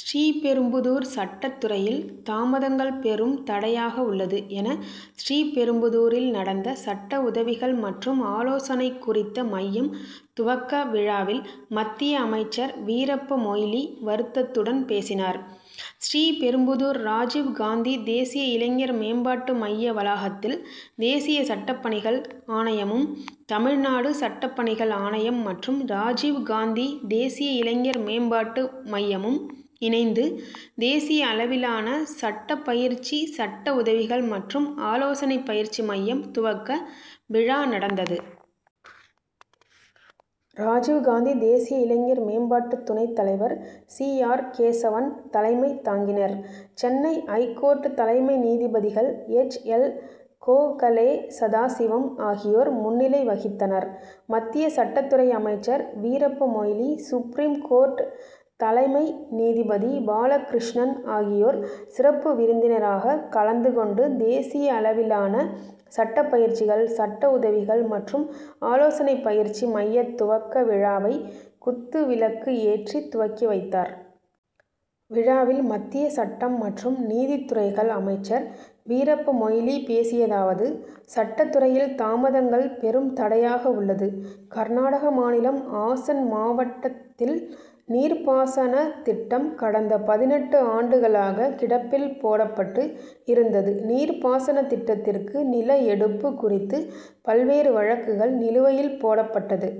ஸ்ரீபெரும்புதூர் சட்டத் துறையில் தாமதங்கள் பெரும் தடையாக உள்ளது என ஸ்ரீபெரும்புதூரில் நடந்த சட்ட உதவிகள் மற்றும் ஆலோசனை குறித்த மையம் துவக்க விழாவில் மத்திய அமைச்சர் வீரப்ப மொய்லி வருத்தத்துடன் பேசினார். ஸ்ரீ பெரும்புதூர் ராஜிவ்காந்தி தேசிய இளைஞர் மேம்பாட்டு மைய வளாகத்தில் தேசிய சட்டப் பணிகள் ஆணையமும் தமிழ்நாடு சட்டப் பணிகள் ஆணையம் மற்றும் ராஜிவ்காந்தி தேசிய இளைஞர் மேம்பாட்டு மையமும் இணைந்து தேசிய அளவிலான சட்டபயிற்சி சட்ட உதவிகள் மற்றும் ஆலோசனை பயிற்சி மையம் துவக்க விழா நடந்தது. ராஜிவ்காந்தி தேசிய இளைஞர் மேம்பாட்டு துணைத் தலைவர் சி. ஆர். கேசவன் தலைமை தாங்கினர். சென்னை ஐகோர்ட் தலைமை நீதிபதிகள் எச். எல். கோகலே சதாசிவம் ஆகியோர் முன்னிலை வகித்தனர். மத்திய சட்டத் துறை அமைச்சர் வீரப்பமொய்லி சுப்ரீம் கோர்ட் தலைமை நீதிபதி பாலகிருஷ்ணன் ஆகியோர் சிறப்பு விருந்தினராக கலந்து கொண்டு தேசிய அளவிளான சட்ட பயிற்சி சட்ட உதவிகள் மற்றும் ஆலோசனை பயிற்சி மையத் துவக்க விழாவை குத்து விளக்கு ஏற்றி துவக்கி வைத்தார். விழாவில் மத்திய சட்டம் மற்றும் நீதித்துறைகள் அமைச்சர் வீரப்பமொய்லி பேசியதாவது சட்டத்துறையில் தாமதங்கள் பெரும் தடையாக உள்ளது. கர்நாடக மாநிலம் ஆசன் மாவட்டத் தில் நீர்பாசனத் திட்டம் கடந்த பதினெட்டு ஆண்டுகளாக கிடப்பில் போடப்பட்டு இருந்தது. நீர்ப்பாசன திட்டத்திற்கு நில எடுப்பு குறித்து பல்வேறு வழக்குகள் நிலுவையில் போடப் பட்டது.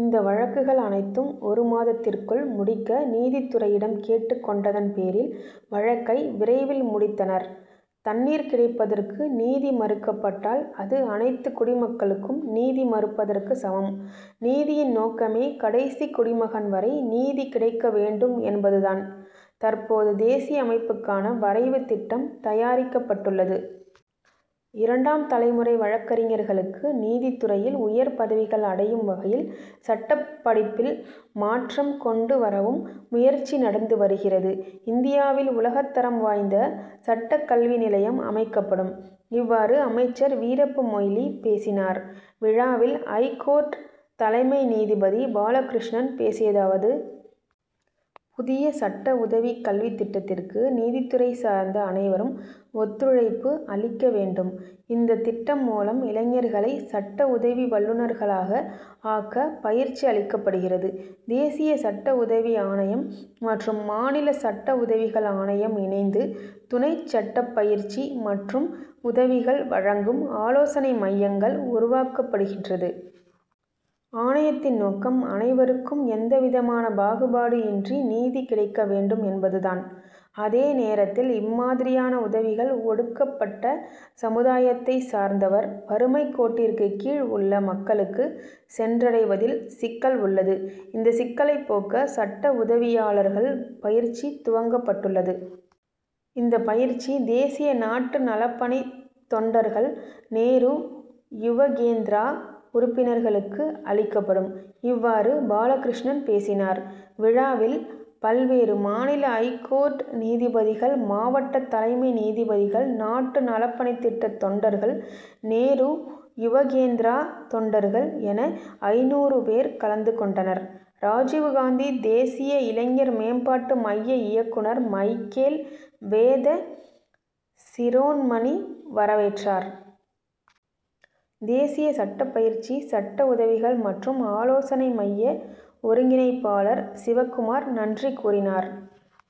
இந்த வழக்குகள் அனைத்தும் ஒரு மாதத்திற்குள் முடிக்க நீதித்துறையிடம் கேட்டுக் கொண்டதன் பேரில் வழக்கை விரைவில் முடித்தனர். தண்ணீர் கிடைப்பதற்கு நீதி மறுக்கப்பட்டால் அது அனைத்து குடிமக்களுக்கும் நீதி மறுப்பதற்கு சமம். நீதியின் நோக்கமே கடைசி குடிமகன் வரை நீதி கிடைக்க வேண்டும் என்பதுதான். தற்போது தேசிய அமைப்புக்கான வரைவு திட்டம் தயாரிக்கப்பட்டுள்ளது. இரண்டாம் தலைமுறை வழக்கறிஞர்களுக்கு நீதித்துறையில் உயர் பதவிகள் அடையும் வகையில் சட்டப் படிப்பில் மாற்றம் கொண்டு வரவும் முயற்சி நடந்து வருகிறது. இந்தியாவில் உலகத்தரம் வாய்ந்த சட்ட கல்வி நிலையம் அமைக்கப்படும். இவ்வாறு அமைச்சர் வீரப்பமொய்லி பேசினார். விழாவில் ஐகோர்ட் தலைமை நீதிபதி பாலகிருஷ்ணன் பேசியதாவது. புதிய சட்ட உதவி கல்வித்திட்டத்திற்கு நீதித்துறை சார்ந்த அனைவரும் ஒத்துழைப்பு அளிக்க வேண்டும். இந்த திட்டம் மூலம் இளைஞர்களை சட்ட உதவி வல்லுனர்களாக ஆக்க பயிற்சி அளிக்கப்படுகிறது. தேசிய சட்ட உதவி ஆணையம் மற்றும் மாநில சட்ட உதவிகள் ஆணையம் இணைந்து துணை சட்டப் பயிற்சி மற்றும் உதவிகள் வழங்கும் ஆலோசனை மையங்கள் உருவாக்கப்படுகின்றது. ஆணையத்தின் நோக்கம் அனைவருக்கும் எந்தவிதமான பாகுபாடு இன்றி நீதி கிடைக்க வேண்டும் என்பது தான். அதே நேரத்தில் இம்மாதிரியான உதவிகள் ஒடுக்கப்பட்ட சமுதாயத்தை சார்ந்தவர் வறுமைக் கோட்டிற்கு கீழ் உள்ள மக்களுக்கு சென்றடைவதில் சிக்கல் உள்ளது. இந்த சிக்கலை போக்க சட்ட உதவியாளர்கள் பயிற்சி துவங்கப்பட்டுள்ளது. இந்த பயிற்சி தேசிய நாட்டு நலப்பணி தொண்டர்கள் நேரு யுவக்கேந்திரா உறுப்பினர்களுக்கு அளிக்கப்படும். இவ்வாறு பாலகிருஷ்ணன் பேசினார். விழாவில் பல்வேறு மாநில ஐகோர்ட் நீதிபதிகள் மாவட்ட தலைமை நீதிபதிகள் நாட்டு நலப்பணித்திட்ட தொண்டர்கள் நேரு யுவக்கேந்திரா தொண்டர்கள் என ஐநூறு பேர் கலந்துகொண்டனர். ராஜிவ்காந்தி தேசிய இளைஞர் மேம்பாட்டு மைய இயக்குனர் மைக்கேல் வேத சிரோண்மணி வரவேற்றார். தேசிய சட்ட பயிற்சி சட்ட உதவிகள் மற்றும் ஆலோசனை மைய ஒருங்கிணைப்பாளர் சிவகுமார் நன்றி கூறினார்.